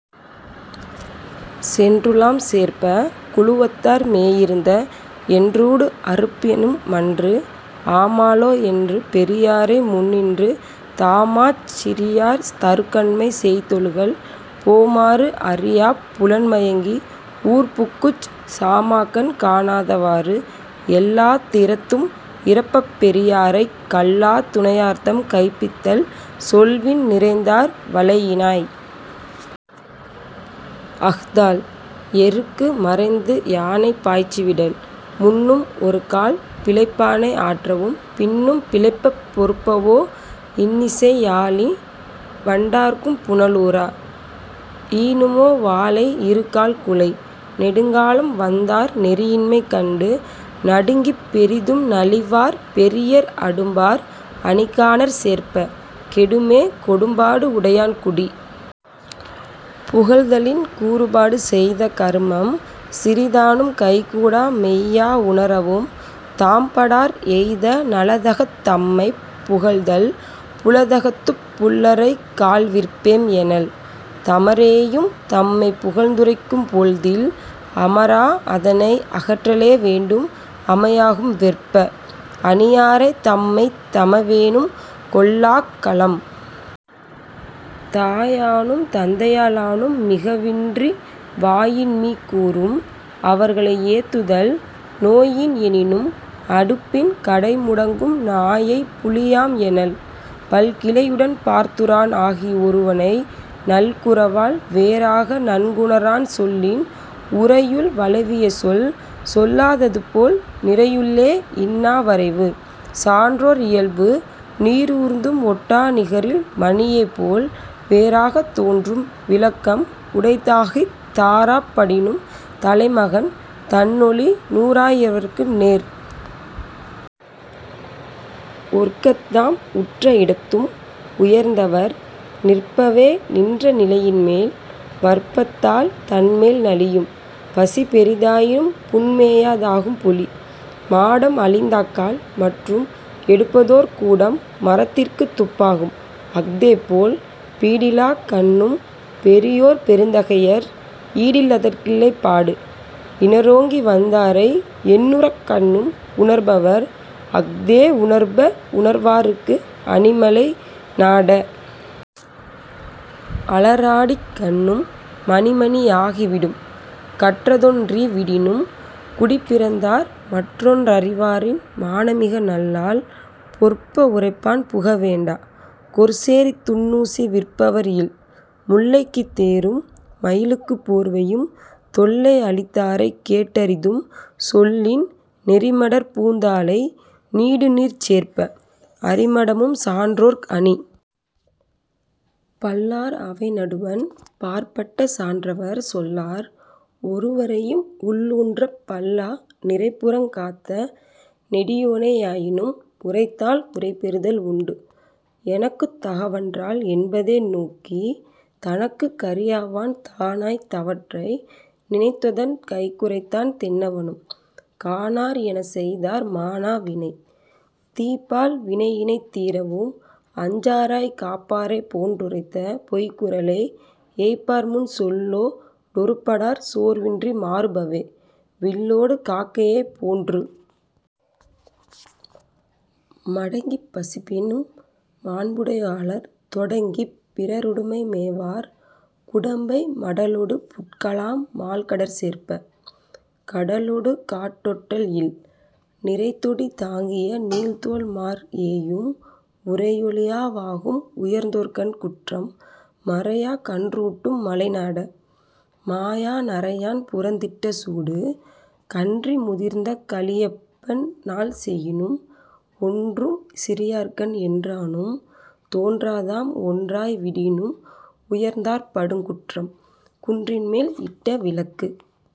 சென்றுலாம் சேர்ப்ப! 'குழுவத்தார் மேயிருந்த என்றூடு அறுப்பினும் மன்று'. ஆமாலோ என்று பெரியாரை முன்னின்று தாமாச் சிறியார் தறுகண்மை செய்தொழுகல் போமாறு அறியாப் புலன்மயங்கி ஊர்புக்குச் சாமாகண் காணாத வாறு. ' எல்லாத் திறத்தும் இறப்பப் பெரியாரைக் கல்லாத் துணையார்தாம் கைப்பித்தல் சொல்வின் நிறைந்தார் வளையினாய்! அஃதால் 'எருக்கு மறைந்துயானை பாய்ச்சி விடல்'. முன்னும் ஒருகால் பிழைப்பானை ஆற்றவும் பின்னும் பிழைப்பப் பொறுப்பவோ இன்னிசை யாழின் வண்டார்க்கும் புனலூர! 'ஈனுமோ வாழை இருகால் குலை'. நெடுங்காலம் வந்தார் நெறியின்மை கண்டு நடுங்கிப் பெரிதும் நலிவார் பெரியர் அடும்பார் அணிகானற் சேர்ப்ப! 'கெடுமே கொடும்பாடு உடையான் குடி'.. புகழ்தலின் கூறுபாடு செய்த கருமம் சிறிதானும் கைகூடா மெய்யா உணரவும் தாம்படார் எய்த நலத்தகத் தம்மைப் புகழ்தல் 'புலத்தகத்துப் புள்ளரைக் கால் விற்பேம் எனல்' தமரேயும் தம்மைப் புகழ்ந்துரைக்கும் போழ்தில் அமரா அதனை அகற்றலே வேண்டும் அமையாகும் வெற்ப! 'அணியாரே தம்மைத் தமவேனும் கொள்ளாக் கலம்'. தாயானும் தந்தையா லானும் மிகவின்றி வாயின்மீக் கூறும் அவர்களை ஏத்துதல் நோயின் எனினும் 'அடுப்பின் கடைமுடங்கும் நாயைப் புலியாம் எனல்'. பல்கிளையுள் பார்த்துறான் ஆகி ஒருவனை நல்குரவால் வேறாக நன்குணரான் சொல்லின் உரையுள் வளவியசொல் சொல்லா ததுபோல் 'நிரையுள்ளே இன்னா வரைவு'.. சான்றோர் இயல்பு நீறூர்ந்தும் ஒட்டா நிகரில் மணியேபோல் வேறாகத் தோன்றும் விளக்கம் உடைத்தாகித் 'தாறாப் படினும் தலைமகன் தன்னொளி நூறா யிரவர்க்கு நேர்'. ஒற்கத்தாம் உற்ற இடத்தும் உயர்ந்தவர் நிற்பவே நின்ற நிலையின்மேல் வற்பத்தால் தன்மேல் நலியும் 'பசிபெரி தாயினும் புன்மேயா தாகும் புலி'. மாடம் அழிந்தக்கால் மற்றும் எடுப்பதோர் கூடம் மரத்திற்குத் துப்பாகும் அஃதேபோல் பீடிலாக் கண்ணும் பெரியோர் பெருந்தகையர் 'ஈடில் லதற்கில்லை பாடு'. இணரோங்கி வந்தாரை என்னுற்றக் கண்ணும் உணர்பவர் அஃதே உணர்ப உணர்வார்க்கு அணிமலை நாட! 'அளறாடிக் கண்ணும் மணிமணி யாகி விடும்'. கற்றதொன் றின்றி விடினும் குடிப்பிறந்தார் மற்றொன றறிவாரின் மாணமிக நல்லால் பொற்ப உரைப்பான் புகவேண்டா 'கொற்சேரித் துன்னூசி விற்பவர் இல்'. முல்லைக்குத் தேரும் மயிலுக்குப் போர்வையும் தொல்லை அளித்தாரைக் கேட்டறிதும் சொல்லின் நெறிமடற் பூந்தாழை நீடுநீர்ச் சேர்ப்ப! 'அறிமடமும் சான்றோர்க் அணி'. பல்லார் அவைநடுவண் பாற்பட்ட சான்றவர் சொல்லார் ஒருவரையும் உள்ளூன்றப் பல்லா நிரைப்புறங் காத்த நெடியோனே யாயினும் 'உரைத்தால் உரைபெறுதல் உண்டு'. எனக்குத் தகவன்றால் என்பதே நோக்கித் தனக்குத் கரியாவான் தானாய்த் தவற்றை நினைத்துத்தன் கைகுறைத்தான் தென்னவனும் 'காணார் எனச்செய்தார் மாணா வினை'. தீப்பால் வினையினைத் தீரவும் அஞ்சாராய்க் காப்பாரே போன்றுரைத்த பொய்குறளை -ஏய்ப்பார்முன் சொல்லோ டொருப்படார் சோர்வின்றி மாறுபவே 'வில்லோடு காக்கையே போன்று'. மடங்கிப் பசிப்பினும் மாண்புடை யாளர் தொடங்கிப் பிறருடைமை மேவார் குடம்பை மடலொடு புட்கலாம் மால்கடற் சேர்ப்ப! 'கடலொடு காட்டொட்டல் இல்'. நிரைதொடி தாங்கிய நீள்தோள்மாற் ஏயும் உரையொழியா வாகும் உயர்ந்தோர்கண் குற்றம் மரையா கன்றூட்டும் மலைநாட! 'மாயா நரையான் புறத்திட்ட சூடு'. கன்றி முதிர்ந்த கழியப்பன் னாள்செயினும் ஒன்றும் சிறியார்கண் என்றானும் தோன்றாதாம் ஒன்றாய் விடினும் உயர்ந்தார்ப் படுங்குற்றம் 'குன்றின்மேல் இட்ட விளக்கு'..